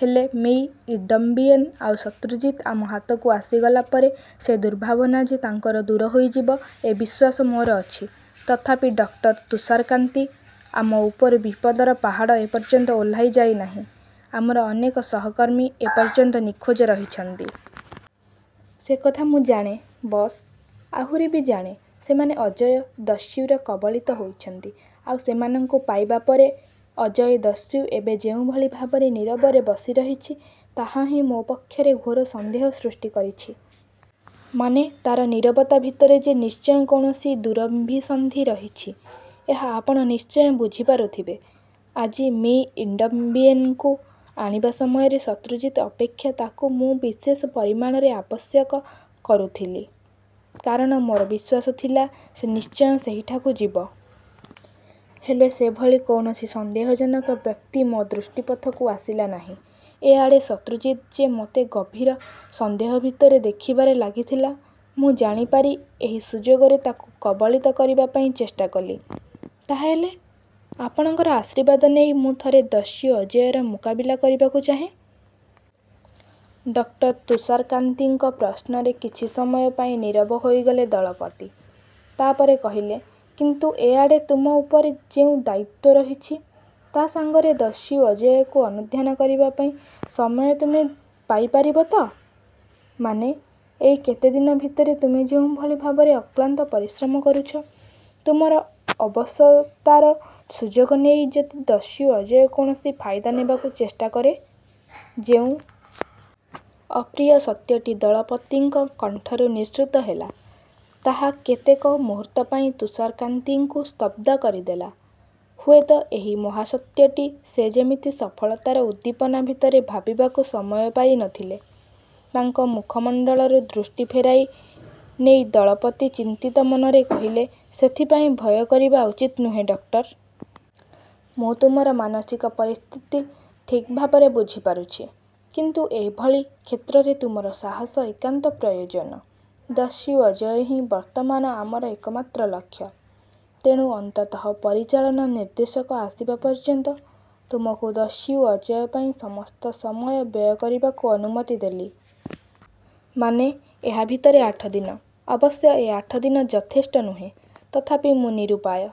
"ହେଲେ, ମି. ଇଡମ୍ବିଏନ୍ ଆଉ ଶତ୍ରୁଜିତ ଆମ ହାତକୁ ଆସିଗଲା ପରେ ସେ ଦୁର୍ଭାବନା ଯେ ତାଙ୍କର ଦୂର ହୋଇଯିବ, ଏ ବିଶ୍ୱାସ ମୋର ଅଛି। ତଥାପି ଡକ୍ଟର ତୁଷାରକାନ୍ତି! ଆମ ଉପରୁ ବିପଦର ପାହାଡ଼ ଏ ପର୍ଯ୍ୟନ୍ତ ଓହ୍ଲାଇ ଯାଇ ନାହିଁ। ଆମର ଅନେକ ସହକର୍ମୀ ଏ ପର୍ଯ୍ୟନ୍ତ ନିଖୋଜ ରହିଛନ୍ତି। ସେ କଥା ମୁଁ ଜାଣେ, ବସ୍। ଆହୁରି ବି ଜାଣେ, ସେମାନେ ଅଜୟ ଦସ୍ୟୁର କବଳିତ ହୋଇଛନ୍ତି। ଆଉ ସେମାନଙ୍କୁ ପାଇବା ପରେ ପରେ ଅଜୟ ଦସ୍ୟୁ ଏବେ ଯେଉଁଭଳି ଭାବରେ ନୀରବରେ ବସିରହିଛି, ତାହା ହିଁ ମୋ ପକ୍ଷରେ ଘୋର ସନ୍ଦେହ ସୃଷ୍ଟି କରିଛି। ମାନେ ତା'ର ନୀରବତା ଭିତରେ ଯେ ନିଶ୍ଚୟ କୌଣସି ଦୁରଭିସନ୍ଧି ରହିଛି, ଏହା ଆପଣ ନିଶ୍ଚୟ ବୁଝିପାରୁଥିବେ। ଆଜି ମି. ଇଡମ୍ବିଏନ୍‌ଙ୍କୁ ଆଣିବା ସମୟରେ ଶତ୍ରୁଜିତ ଅପେକ୍ଷା ତାକୁ ମୁଁ ବିଶେଷ ପରିମାଣରେ ଆବଶ୍ୟକ କରୁଥିଲି। କାରଣ ମୋର ବିଶ୍ୱାସ ଥିଲା, ସେ ନିଶ୍ଚୟ ସେହିଠାକୁ ଯିବ। ହେଲେ, ସେଭଳି କୌଣସି ସନ୍ଦେହଜନକ ବ୍ୟକ୍ତି ମୋ ଦୃଷ୍ଟିପଥକୁ ଆସିଲା ନାହିଁ। ଏ ଆଡ଼େ ଶତ୍ରୁଜିତ ଯେ ମୋତେ ଗଭୀର ସନ୍ଦେହ ଭିତରେ ଦେଖିବାରେ ଲାଗିଥିଲା, ମୁଁ ଜାଣିପାରି ଏହି ସୁଯୋଗରେ ତାକୁ କବଳିତ କରିବା ପାଇଁ ଚେଷ୍ଟା କଲି। ତା'ହେଲେ...? ଆପଣଙ୍କର ଆଶୀର୍ବାଦ ନେଇ ମୁଁ ଥରେ ଦସ୍ୟୁ ଅଜୟର ମୁକାବିଲା କରିବାକୁ ଚାହେଁ। ଡକ୍ଟର ତୁଷାରକାନ୍ତିଙ୍କ ପ୍ରଶ୍ନରେ କିଛି ସମୟ ପାଇଁ ନୀରବ ହୋଇଗଲେ ଦଳପତି। ତା'ପରେ କହିଲେ, "କିନ୍ତୁ ଏ ଆଡ଼େ ତୁମ ଉପରେ ଯେଉଁ ଦାୟିତ୍ୱ ରହିଛି, ତା' ସାଙ୍ଗରେ ଦସ୍ୟୁ ଅଜୟକୁ ଅନୁଧ୍ୟାନ କରିବା ପାଇଁ ସମୟ ତୁମେ ପାଇପାରିବ ତ? ମାନେ, ଏଇ କେତେ ଦିନ ଭିତରେ ତୁମେ ଯେଉଁଭଳି ଭାବରେ ଅକ୍ଳାନ୍ତ ପରିଶ୍ରମ କରୁଛ, ତୁମର ଅବଶତାର ସୁଯୋଗ ନେଇ ଯଦି ଦସ୍ୟୁ ଅଜୟ କୌଣସି ଫାଇଦା ନେବାକୁ ଚେଷ୍ଟା କରେ.ଯେଉଁ ଅପ୍ରିୟ ସତ୍ୟଟି ଦଳପତିଙ୍କ କଣ୍ଠରୁ ନିଃସୃତ ହେଲା, ତାହା କେତେକ ମୁହୂର୍ତ୍ତ ପାଇଁ ତୁଷାରକାନ୍ତିଙ୍କୁ ସ୍ତବ୍ଧ କରିଦେଲା। ହୁଏତ ଏହି ମହାସତ୍ୟଟି ସେ ଯେମିତି ସଫଳତାର ଉଦ୍ଦୀପନା ଭିତରେ ଭାବିବାକୁ ସମୟ ପାଇ ନ ଥିଲେ। ତାଙ୍କ ମୁଖମଣ୍ଡଳରୁ ଦୃଷ୍ଟି ଫେରାଇ ନେଇ ଦଳପତି ଚିନ୍ତିତ ମନରେ କହିଲେ, ସେଥିପାଇଁ ଭୟ କରିବା ଉଚିତ ନୁହେଁ, ଡକ୍ଟର। ମୁଁ ତୁମର ମାନସିକ ପରିସ୍ଥିତି ଠିକ୍ ଭାବରେ ବୁଝିପାରୁଛି। କିନ୍ତୁ ଏଭଳି କ୍ଷେତ୍ରରେ ତୁମର ସାହସ ଏକାନ୍ତ ପ୍ରୟୋଜନ। ଦସ୍ୟୁ ଅଜୟ ହିଁ ବର୍ତ୍ତମାନ ଆମର ଏକମାତ୍ର ଲକ୍ଷ୍ୟ। ତେଣୁ ଅନ୍ତତଃ ପରିଚାଳନା ନିର୍ଦ୍ଦେଶକ ଆସିବା ପର୍ଯ୍ୟନ୍ତ ତୁମକୁ ଦସ୍ୟୁ ଅଜୟ ପାଇଁ ସମସ୍ତ ସମୟ ବ୍ୟୟ କରିବାକୁ ଅନୁମତି ଦେଲି। ମାନେ, ଏହା ଭିତରେ ଆଠ ଦିନ। ଅବଶ୍ୟ ଏ ଆଠ ଦିନ ଯଥେଷ୍ଟ ନୁହେଁ, ତଥାପି ମୁଁ ନିରୁପାୟ।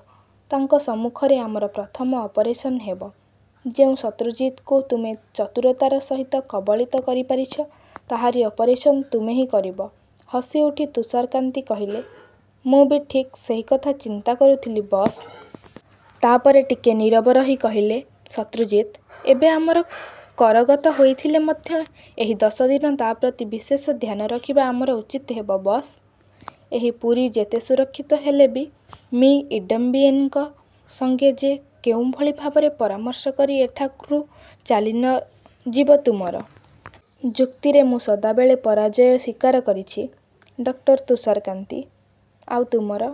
ତାଙ୍କ ସମ୍ମୁଖରେ ଆମର ପ୍ରଥମ ଅପରେସନ୍ ହେବ। ଯେଉଁ ଶତ୍ରୁଜିତକୁ ତୁମେ ଚତୁରତାର ସହିତ କବଳିତ କରିପାରିଛ, ତାହାରି ଅପରେସନ୍ ତୁମେ ହିଁ କରିବ। ହସିଉଠି ତୁଷାରକାନ୍ତି କହିଲେ, ମୁଁ ବି ଠିକ୍ ସେହି କଥା ଚିନ୍ତା କରୁଥିଲି, ବସ୍। ତା'ପରେ ଟିକିଏ ନୀରବ ରହି କହିଲେ, ଶତ୍ରୁଜିତ ଏବେ ଆମର କରଗତ ହୋଇଥିଲେ ମଧ୍ୟ ଏହି ଦଶ ଦିନ ତା' ପ୍ରତି ବିଶେଷ ଧ୍ୟାନ ରଖିବା ଆମର ଉଚିତ ହେବ, ବସ୍। ଏହି ପୁରୀ ଯେତେ ସୁରକ୍ଷିତ ହେଲେ ବି, ମି. ଇଡମ୍ବିଏନ୍‌ଙ୍କ ସଙ୍ଗେ ସେ ଯେ କେଉଁଭଳି ଭାବରେ ପରାମର୍ଶ କରି ଏଠାରୁ ଚାଲି ନ ଯିବ. ତୁମର ଯୁକ୍ତିରେ ମୁଁ ସଦାବେଳେ ପରାଜୟ ସ୍ୱୀକାର କରିଛି, ଡକ୍ଟର ତୁଷାରକାନ୍ତି। ଆଉ ତୁମର.